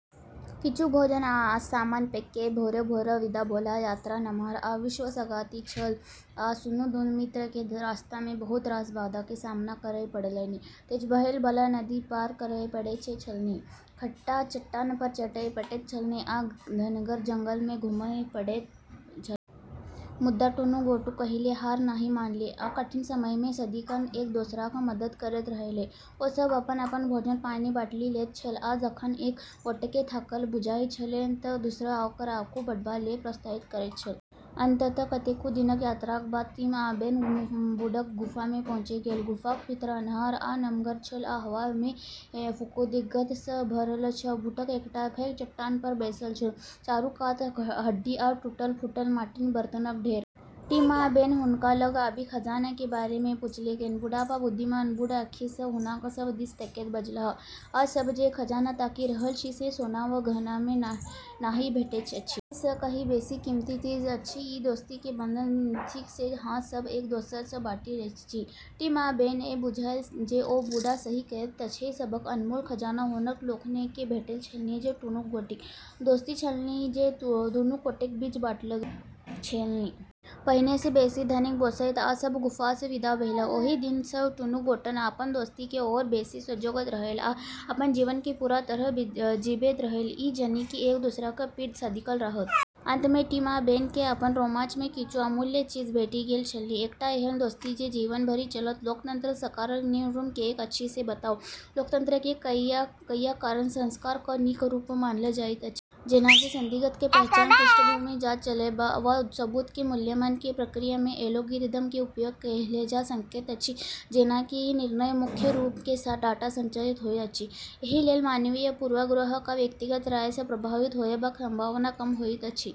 किछु भोजन आ सामान पैक कए भोरे-भोर विदा भेलाह। यात्रा नमहर आ विश्वासघाती छल, आ दुनू मित्र के रास्ता मे बहुत रास बाधा के सामना करय पड़लनि। तेज बहय बला नदी पार करय पड़ैत छलनि, खड़ा चट्टान पर चढ़य पड़ैत छलनि आ घनगर जंगल मे घुमय पड़ैत छलनि। मुदा दुनू गोटे कहियो हार नहि मानलनि आ कठिन समय मे सदिखन एक-दोसराक मदद करैत रहलाह। ओ सभ अपन-अपन भोजन-पानि बाँटि लैत छल, आ जखन एक गोटेकेँ थाकल बुझाइत छलनि तँ दोसर ओकरा आगू बढ़बाक लेल प्रोत्साहित करैत छल। अंततः कतेको दिनक यात्राक बाद टिम आ बेन बूढ़क गुफा मे पहुँचि गेल। गुफाक भीतर अन्हार आ नमगर छल आ हवा मे फफूंदीक गंध सँ भरल छल। बूढ़ एकटा पैघ चट्टान पर बैसल छल, चारू कात हड्डी आ टूटल-फूटल माटिक बर्तनक ढेर। टिम आ बेन हुनका लग आबि खजाना के बारे मे पूछलखिन। बुढ़बा बुद्धिमान, बूढ़ आँखि सँ हुनका सभ दिस तकैत बजलाह, "अहाँ सभ जे खजाना ताकि रहल छी से सोना वा गहना मे नहि भेटैत अछि। एहि सँ कहीं बेसी कीमती चीज अछि। ई दोस्ती के बंधन थिक जे अहाँ सभ एक-दोसर सँ बाँटि लैत छी।" टिम आ बेन केँ बुझायल जे ओ बुढ़ा सही कहैत छथि। सबसँ अनमोल खजाना हुनका लोकनि केँ भेटल छलनि जे दुनू गोटेक दोस्ती छलनि जे दुनू गोटेक बीच बाँटल गेल छलनि। पहिनेसँ बेसी धनिक बुझैत ओ सभ गुफासँ विदा भेलाह। ओहि दिन सँ दुनू गोटे अपन दोस्ती केँ आओर बेसी संजोगैत रहलाह आ अपन जीवन केँ पूरा तरहेँ जीबैत रहलाह, ई जानि जे एक-दोसरक पीठ सदिखन रहत। अंत मे टिम आ बेन केँ अपन रोमांच मे किछु अमूल्य चीज भेटि गेल छलनि: एकटा एहन दोस्ती जे जीवन भरि चलत। लोकतंत्र सरकारक नीक रूप किएक अछि से बताउ। लोकतंत्र कें कईटा कारण सँ सरकार क नीक रूप मानल जाइत अछि। जेना कि संदिग्ध के पहचान, पृष्ठभूमि जाँच चलबय वा सबूत के मूल्यांकन के प्रक्रिया मे एल्गोरिदम के उपयोग कएल जा सकैत अछि। जेना कि ई निर्णय मुख्य रूप सँ डाटा संचालित होइत अछि, एहि लेल मानवीय पूर्वाग्रह वा व्यक्तिगत राय सँ प्रभावित होयबाक संभावना कम होइत अछि।